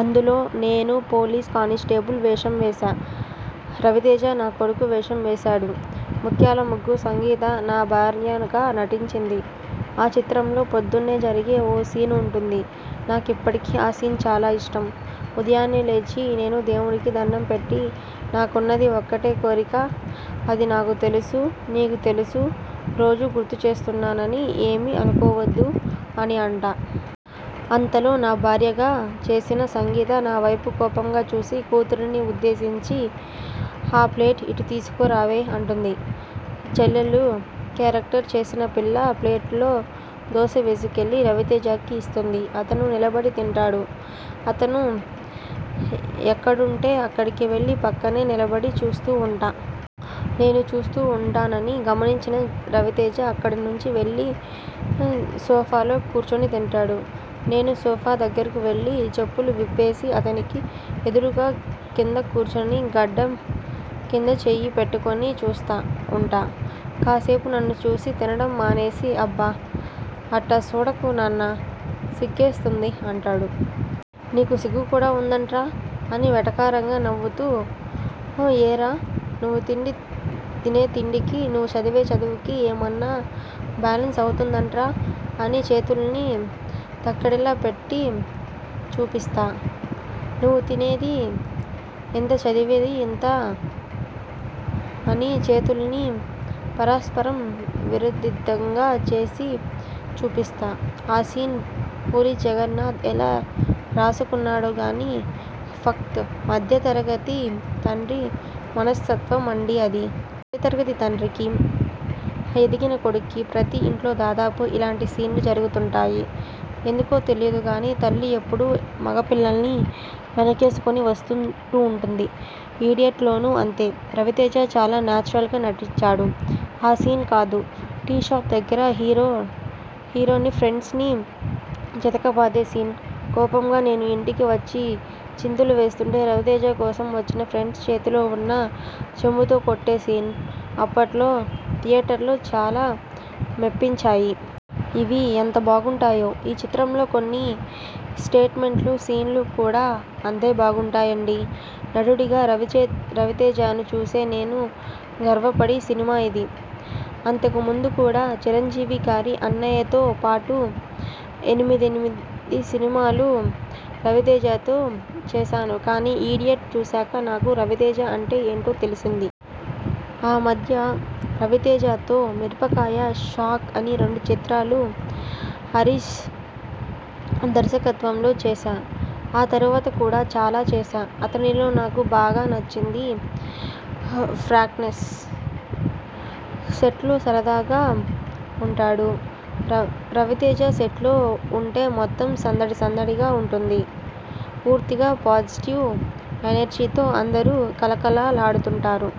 అందులో నేను police constable వేషం వేశా. రవితేజ నా కొడుకు వేషం వేశాడు. 'ముత్యాలముగ్గు' సంగీత నా భార్యగా నటించింది. ఆ చిత్రంలో పొద్దున్నే జరిగే ఒక సీన్ ఉంటుంది. నాకు ఇప్పటికీ ఆ సీన్ చాలా ఇష్టం. ఉదయాన్నే లేచి నేను దేవుడికి దణ్ణం పెట్టి 'నాకున్నది ఒకటే కోరిక అది నాకూ తెలుసు నీకూ తెలుసు రోజూ గుర్తుచేస్తున్నానని ఏమీ అనుకోవద్దు' అని అంటా. అంతలో నా భార్యగా చేసిన సంగీత నావైపు కోపంగా చూసి కూతురిని ఉద్దేశించి 'ఆ ప్లేట్ ఇటు తీసుకురావే' అంటుంది. చెల్లెలు కేరక్టర్ చేసిన పిల్ల ప్లేటులో దోశ తీసుకెళ్ళి రవితేజకు ఇస్తుంది. అతను నిలబడి తింటాడు. అతను ఎక్కడుంటే అక్కడికి వెళ్ళి పక్కనే నిలబడి చూస్తూ ఉంటా. నేను చూస్తూ ఉంటానని గమనించిన రవితేజ అక్కడినుంచి వెళ్ళి సోఫాలో కూర్చుని తింటాడు. నేను సోఫా దగ్గరకువెళ్ళి చెప్పులు విప్పేసి, అతనికి ఎదురుగా కింద కూర్చుని గడ్డం కింద చేయి పెట్టుకుని చూస్తా ఉంటా. కాసేపు నన్ను చూసి తినడం మానేసి 'అబ్బా అట్టా సూడకు నాన్నా సిగ్గేస్తుంది' అంటాడు. 'నీకు సిగ్గు కూడా ఉందంట్రా ' అని వెటకారంగా నవ్వుతూ 'ఏరా నువ్వు తినే తిండికి, నువ్వు చదివే చదువుకీ ఏమన్నా బ్యాలన్స్ అవుతుందంట్రా 'అని చేతుల్ని తక్కెడలా పెట్టి చూపిస్తా. 'నువ్వు తినేది ఇంత చదివేది ఇంత' అని చేతుల్ని పారస్పరం విరుదుద్ధంగా చేసి చూపిస్తా ఆ సీన్ పూరి జగన్నాథ్ ఎలా రాసుకున్నాడోగానీ, ఫక్తు మధ్యతరగతి తండ్రి మనస్తత్వం అండీ అదీ. మధ్యతరగతి తండ్రికి, ఎదిగిన కొడుకుకు ప్రతి ఇంట్లో దాదాపుగా అలాంటి సీన్లు జరుగుతుంటాయి. ఎందుకో తెలియదుగానీ తల్లి ఎప్పుడూ మగపిల్లల్ని వెనకేసుకుని వస్తుంటుంది. 'ఇడియట్' లోనూ అంతే. రవితేజ చాలా నేచురల్గా నటించాడు. ఆ సీనే కాదు, టీ షాప్ దగ్గర హీరోని, ఫ్రెండ్స్ ని చితకబాదే సీను, కోపంగా నేను ఇంటికి వచ్చి చిందులు వేస్తుంటే రవితేజ కోసం వచ్చిన ఫ్రెండ్ని చేతిలో ఉన్న చెంబుతో కొట్టే సీను అప్పట్లో థియేటర్లలో చాలా మెప్పించాయి. ఇవి ఎంత బావుంటాయో ఈ చిత్రంలో కొన్ని సెంటిమెంట్ సీన్లు కూడా అంతే బావుంటాయండీ. నటుడిగా రవితేజను చూసి నేను గర్వపడ్డ సినిమా ఇది. అంతకు ముందు కూడా చిరంజీవిగారి 'అన్నయ్య' తో పాటు ఏడెనిమిది సినిమాలు రవితేజతో చేశాను కానీ 'ఇడియట్' చూశాక నాకు రవితేజ అంటే ఏంటో తెలిసింది. ఆ మధ్య రవితేజతో 'మిరపకాయ', 'షాక్' అని రెండు చిత్రాలు హరీశ్ దర్శకత్వంలో చేశా. ఆ తర్వాత కూడా చాలా చేశా. అతనిలో నాకు బాగా నచ్చింది ఫ్రాక్నెస్. సెట్లో సరదాగా ఉంటాడు. రవితేజ సెట్లో ఉంటే మొత్తం సందడి సందడిగా ఉంటుంది. పూర్తిగా పాజిటివ్ ఎనర్జీ తో అందరూ కళకళలాడుతుంటారు.